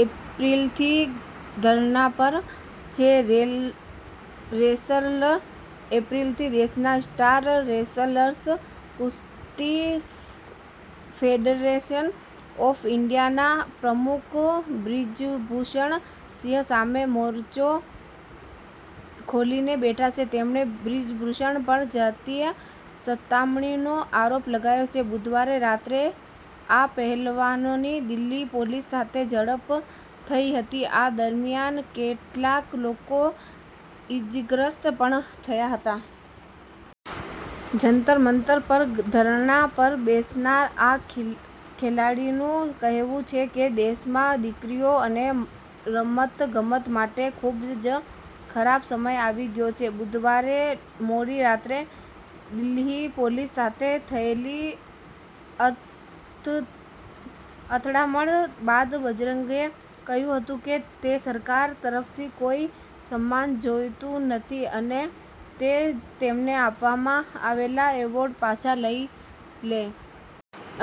એપ્રિલથી ધરણા પર છે રેસલર્સ એપ્રિલથી દેશના સ્ટાર રેસલર્સ કુસ્તી ફેડરેશન ઓફ ઈન્ડિયાના પ્રમુખ બ્રિજભૂષણ સિંહ સામે મોરચો ખોલીને બેઠા છે. તેમણે બ્રિજભૂષણ પર જાતીય સતામણીનો આરોપ લગાવ્યો છે. બુધવારે રાત્રે આ પહેલવાનોની દિલ્હી પોલીસ સાથે ઝડપ થઇ હતી, આ દરમિયાન કેટલાક લોકો ઇજાગ્રસ્ત પણ થયા હતા. જંતર-મંતર પર ધરણા પર બેસનાર આ ખેલાડીનું કહેવું છે કે દેશમાં દીકરીઓ અને રમત-ગમત માટે ખૂબ જ ખરાબ સમય આવી ગયો છે. બુધવારે મોડી રાત્રે દિલ્હી પોલીસ સાથે થયેલી અથડામણ બાદ બજરંગે કહ્યું હતું કે તે સરકાર તરફથી કોઇ સન્માન જોઇતું નથી અને તે તેમને આપવામાં આવેલા એવોર્ડ પાછા લઇ લે.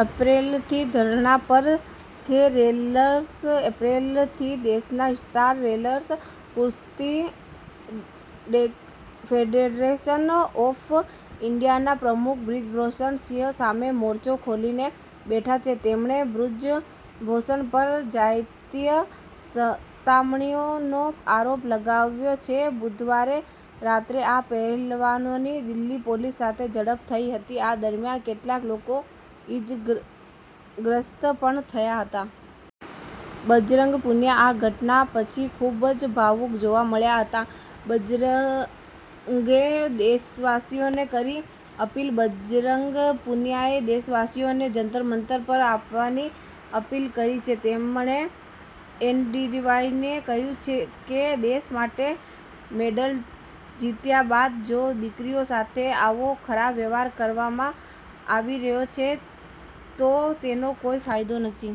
એપ્રિલથી ધરણા પર છે રેસલર્સ એપ્રિલથી દેશના સ્ટાર રેસલર્સ કુસ્તી ફેડરેશન ઓફ ઈન્ડિયાના પ્રમુખ બ્રિજભૂષણ સિંહ સામે મોરચો ખોલીને બેઠા છે. તેમણે બ્રિજભૂષણ પર જાતીય સતામણીનો આરોપ લગાવ્યો છે. બુધવારે રાત્રે આ પહેલવાનોની દિલ્હી પોલીસ સાથે ઝડપ થઇ હતી, આ દરમિયાન કેટલાક લોકો ઇજાગ્રસ્ત પણ થયા હતા. બજરંગ પુનિયા આ ઘટના પછી ખૂબ જ ભાવુક જોવા મળ્યા હતા. બજરંગે દેશવાસીઓને કરી અપીલ બજરંગ પુનિયાએ દેશવાસીઓને જંતર-મંતર પર આવવાની અપીલ કરી છે. તેમણે એનડીટીવીને કહ્યું કે દેશ માટે મેડલ જીત્યા બાદ જો દીકરીઓ સાથે આવો ખરાબ વ્યવહાર કરવામાં આવી રહ્યો છે તો તેનો કોઈ ફાયદો નથી.